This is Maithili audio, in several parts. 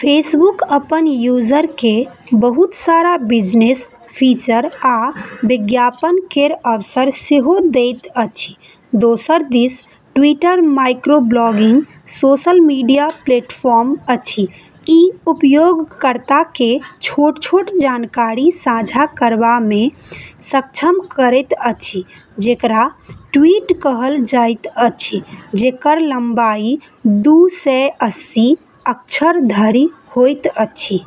फेसबुक अपन यूजर्स केँ बहुत सारा बिजनेस फीचर आ विज्ञापन केर अवसर सेहो दैत अछि। दोसर दिस Twitter microblogging social media platform अछि। ई उपयोगकर्ता केँ छोट-छोट जानकारी साझा करबा मे सक्षम करैत अछि, जेकरा ट्वीट कहल जाइत अछि, जेकर लंबाई दू सए अस्सी अक्षर धरि होइत अछि।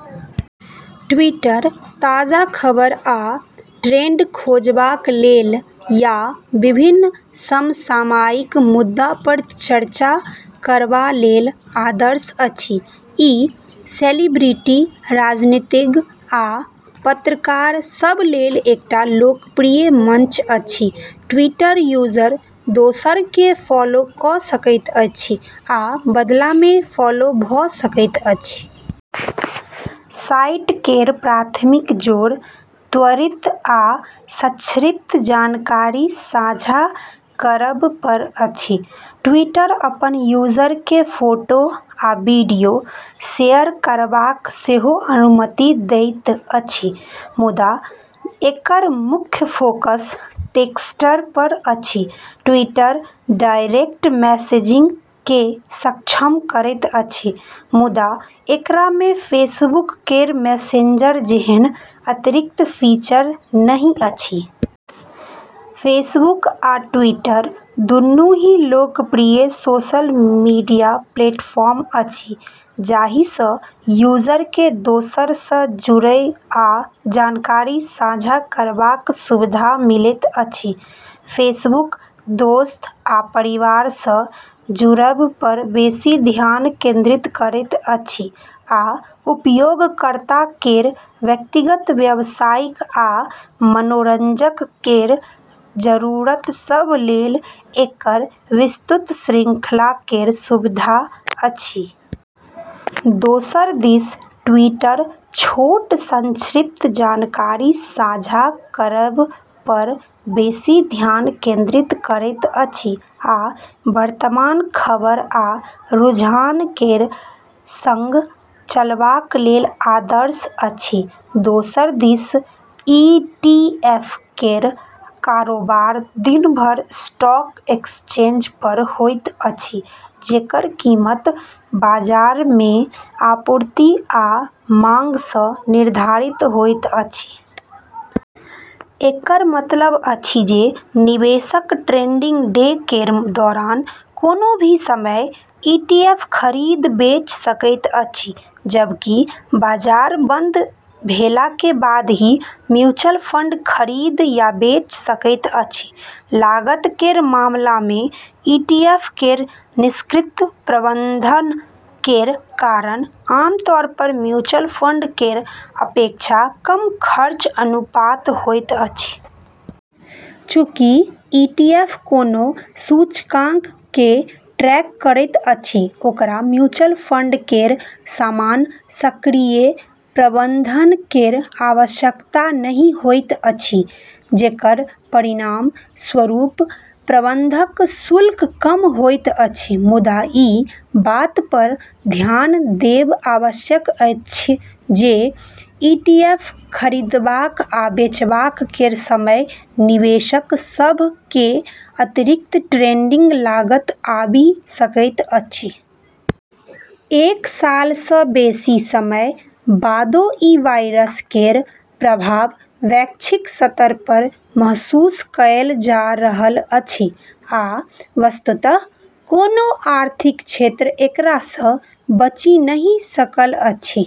ट्विटर ताजा खबर आ ट्रेंड खोजबा लेल या विभिन्न समसामयिक मुद्दा पर चर्चा करबा लेल आदर्श अछि। ई सेलिब्रिटी, राजनीतिज्ञ, आ पत्रकार सभ लेल एकटा लोकप्रिय मंच अछि। ट्विटर यूजर दोसर केँ फॉलो कऽ सकैत अछि आ बदला मे फॉलो भऽ सकैत अछि। साइट केर प्राथमिक जोर त्वरित आ संक्षिप्त जानकारी साझा करब पर अछि। ट्विटर अपन यूजर केँ फोटो आ वीडियो शेयर करबाक सेहो अनुमति दैत अछि, मुदा एकर मुख्य फोकस टेक्स्ट पर अछि। ट्विटर डायरेक्ट मैसेजिंग केँ सक्षम करैत अछि, मुदा एकरा मे फेसबुक केर मैसेंजर जेहन अतिरिक्त फीचर नहि अछि। निष्कर्षतः फेसबुक आ ट्विटर दुनू ही लोकप्रिय सोशल मीडिया प्लेटफॉर्म अछि जाहि सँ यूजर केँ दोसर सँ जुड़ब आ जानकारी साझा करबाक सुविधा मिलैत अछि। फेसबुक दोस्त आ परिवार सँ जुड़ब पर बेसी ध्यान केंद्रित करैत अछि आ उपयोगकर्ता केर व्यक्तिगत, व्यवसायिक, आ मनोरंजन केर जरूरत सभ लेल एकर विस्तृत श्रृंखला केर सुविधा अछि। दोसर दिस ट्विटर छोट, संक्षिप्त जानकारी साझा करब पर बेसी ध्यान केंद्रित करैत अछि आ वर्तमान खबर आ रुझान केर संग चलबा लेल आदर्श अछि। दोसर दिस ईटीएफ केर कारोबार दिन भर स्टॉक एक्सचेंज पर होइत अछि, जेकर कीमत बाजार मे आपूर्ति आ मांग सँ निर्धारित होइत अछि। एकर मतलब अछि जे निवेशक ट्रेडिंग डे केर दौरान कोनो भी समय ईटीएफ खरीद-बेच सकैत अछि, जबकि बाजार बंद भेला के बाद ही म्यूचुअल फंड खरीद या बेच सकैत अछि। लागत केर मामला मे ईटीएफ केर निष्क्रिय प्रबंधन केर कारण आम तौर पर म्यूचुअल फंड केर अपेक्षा कम खर्च अनुपात होइत अछि। चूँकि ईटीएफ कोनो सूचकांक केँ ट्रैक करैत अछि, ओकरा म्यूचुअल फंड केर समान सक्रिय प्रबंधन केर आवश्यकता नहि होइत अछि, जेकर परिणाम स्वरूप प्रबंधन शुल्क कम होइत अछि। मुदा ई बात पर ध्यान देब आवश्यक अछि जे ईटीएफ खरीदबा आ बेचबा केर समय निवेशक सभ केँ अतिरिक्त ट्रेडिंग लागत आबि सकैत अछि। एक साल सँ बेसी समय बादो ई वायरस केर प्रभाव वैश्विक स्तर पर महसूस कएल जा रहल अछि, आ वस्तुतः कोनो आर्थिक क्षेत्र एकरा सँ बचि नहि सकल अछि।